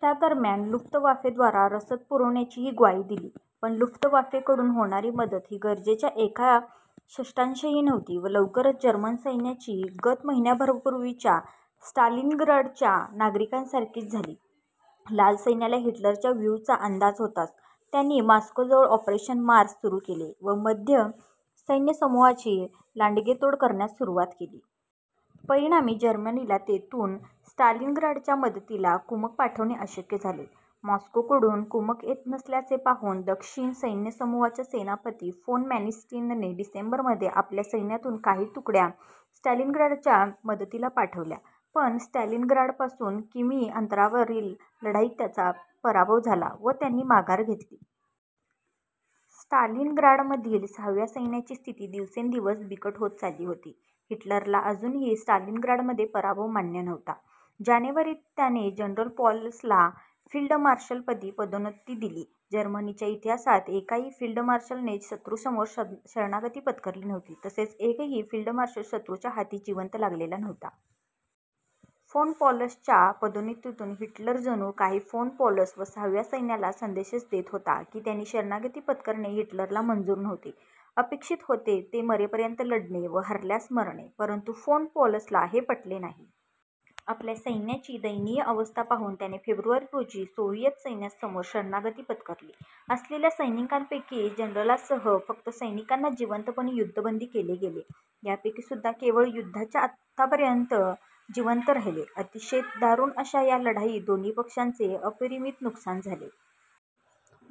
त्यादरम्यान लुफ्तवाफेद्वारा रसद पुरवण्याचीही ग्वाही दिली. पण लुफ्तवाफेकडून होणारी मदत ही गरजेच्या एक षष्ठांशही नव्हती व लवकरच जर्मन सैन्याची गत महिन्याभरापूर्वीच्या स्टालिनग्राडच्या नागरिकांसारखीच झाली. लाल सैन्याला हिटलरच्या व्यूहाचा अंदाज होताच. त्यांनी मॉस्कोजवळ ऑपरेशन मार्स सुरू केले व मध्य सैन्यसमूहाची लांडगेतोड करण्यास सुरुवात केली. परिणामी जर्मनीला तेथून स्टालिनग्राडच्या मदतीला कुमक पाठवणे अशक्य झाले. मॉस्कोकडून कुमक येत नसल्याचे पाहून दक्षिण सैन्यसमूहाच्या सेनापती फोन मॅनस्टीनने डिसेंबरमध्ये आपल्या सैन्यातून काही तुकड्या स्टालिनग्राडच्या मदतीला पाठवल्या पण स्टालिनग्राडपासून कि. मी. अंतरावरील लढाईत त्यांचा पराभव झाला व त्यांनी माघार घेतली. स्टालिनग्राडमधील सहाव्या सैन्याची स्थिती दिवसेंदिवस बिकट होत चालली होती. हिटलरला अजूनही स्टालिनग्राडमध्ये पराभव मान्य नव्हता. जानेवारीत त्याने जनरल पॉलसला फील्डमार्शलपदी पदोन्नती दिली. जर्मनीच्या इतिहासात एकाही फील्डमार्शलने शत्रूसमोर शरणागती पत्करली नव्हती तसेच एकही फील्डमार्शल शत्रूच्या हाती जिवंत लागलेला नव्हता. फोन पॉलसच्या पदोन्नतीतून हिटलर जणू काही फोन पॉलस व सहाव्या सैन्याला संदेशच देत होता की त्यांनी शरणागती पत्करणे हिटलरला मंजूर नव्हते. अपेक्षित होते ते मरेपर्यंत लढणे व हरल्यास मरणे. परंतु फोन पॉलसला हे पटले नाही. आपल्या सैन्याची दयनीय अवस्था पाहून त्याने फेब्रुवारी रोजी सोव्हिएत सैन्यासमोर शरणागती पत्करली. असलेल्या सैनिकांपैकी जनरलांसह फक्त सैनिकांना जिवंतपणी युद्धबंदी केले गेले. यांपैकीसुद्धा केवळ युद्धाच्या अंतापर्यंत जिवंत राहिले. अतिशय दारुण अशा या लढाईत दोन्ही पक्षांचे अपरिमित नुकसान झाले.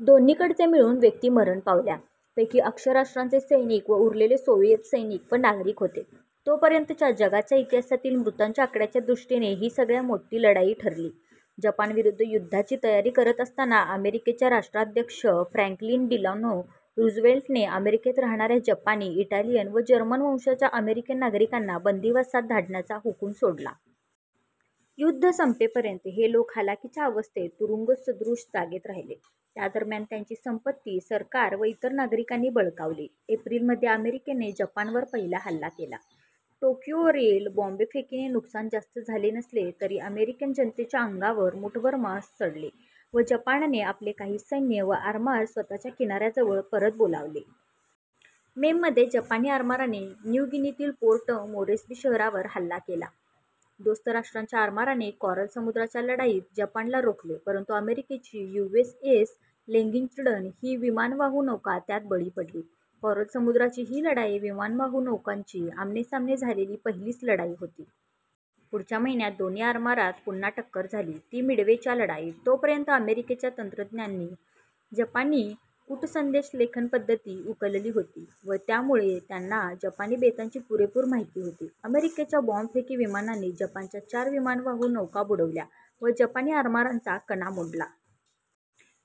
दोन्हीकडचे मिळून व्यक्ती मरण पावल्या. पैकी अक्ष राष्ट्रांचे सैनिक व उरलेले सोव्हिएत सैनिक व नागरिक होते. तोपर्यंतच्या जगाच्या इतिहासातील मृतांच्या आकड्याच्या दृष्टीने ही सगळ्या मोठी लढाई ठरली. जपानविरुद्ध युद्धाची तयारी करीत असताना अमेरिकेच्या राष्ट्राध्यक्ष फ्रॅंकलिन डिलानो रूझवेल्टने अमेरिकेत राहणाऱ्या जपानी, इटालियन व जर्मन वंशाच्या अमेरिकन नागरिकांना बंदिवासात धाडण्याचा हुकुम सोडला. युद्ध संपेपर्यंत हे लोक हलाखीच्या अवस्थेत तुरुंगसदृश जागेत राहिले. त्यादरम्यान त्यांची संपत्ती सरकार व इतर नागरिकांनी बळकावली. एप्रिल मध्ये अमेरिकेने जपानवर पहिला हल्ला केला. टोक्योवरील बॉम्बफेकीने नुकसान जास्त झाले नसले तरी अमेरिकन जनतेच्या अंगावर मूठभर मांस चढले व जपानने आपले काही सैन्य व आरमार स्वतःच्या किनाऱ्याजवळ परत बोलावले. मेमध्ये जपानी आरमाराने न्यू गिनीतील पोर्ट मोरेस्बी शहरावर हल्ला केला. दोस्त राष्ट्रांच्या आरमाराने कॉरल समुद्राच्या लढाईत जपानला रोखले परंतु अमेरिकेची यु. एस. एस. लेक्झिंग्टन ही विमानवाहू नौका त्यात बळी पडली. कॉरल समुद्राची ही लढाई विमानवाहू नौकांची आमनेसामने झालेली पहिलीच लढाई होती. पुढच्या महिन्यात दोन्ही आरमारात पुन्हा टक्कर झाली ती मिडवेच्या लढाईत. तोपर्यंत अमेरिकेच्या तंत्रज्ञांनी जपानी कूटसंदेशलेखनपद्धती उकलली होती व त्यामुळे त्यांना जपानी बेतांची पूरेपूर माहिती होती. अमेरिकेच्या बॉम्बफेकी विमानांनी जपानच्या चार विमानवाहू नौका बुडवल्या व जपानी आरमाराचा कणा मोडला.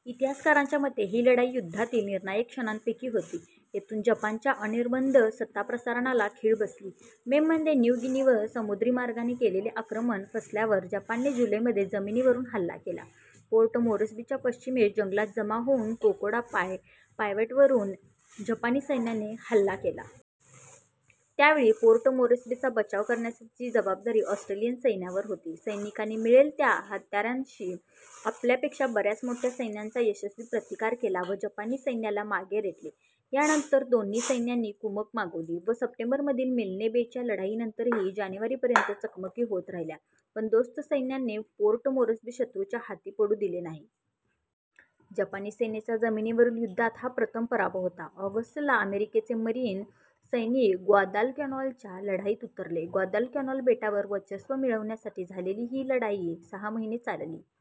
इतिहासकारांच्या मते ही लढाई युद्धातील निर्णायक क्षणांपैकी होती. येथून जपानच्या अनिर्बंध सत्ताप्रसाराला खीळ बसली. मेमध्ये न्यू गिनीवर समुद्रीमार्गाने केलेले आक्रमण फसल्यावर जपानने जुलैमध्ये जमिनीवरून हल्ला केला. पोर्ट मोरेस्बीच्या पश्चिमेस जंगलात जमा होऊन कोकोडा पायवाटेवरून जपानी सैन्याने हल्ला केला. त्यावेळी पोर्ट मोरेस्बीचा बचाव करण्याची जबाबदारी ऑस्ट्रेलियन सैन्यावर होती. सैनिकांनी मिळेल त्या हत्यारांनिशी आपल्यापेक्षा बऱ्याच मोठ्या सैन्याचा यशस्वी प्रतिकार केला व जपानी सैन्याला मागे रेटले. यानंतर दोन्ही सैन्यांनी कुमक मागवली व सप्टेंबरमधील मिल्ने बेच्या लढाईनंतरही जानेवारी पर्यंत चकमकी होत राहिल्या पण दोस्त सैन्याने पोर्ट मोरेस्बी शत्रूच्या हाती पडू दिले नाही. जपानी सेनेचा जमिनीवरील युद्धात हा प्रथम पराभव होता. ऑगस्ट ला अमेरिकेचे मरीन सैनिक ग्वादालकॅनालच्या लढाईत उतरले. ग्वादालकॅनाल बेटावर वर्चस्व मिळवण्यासाठी झालेली ही लढाई सहा महिने चालली.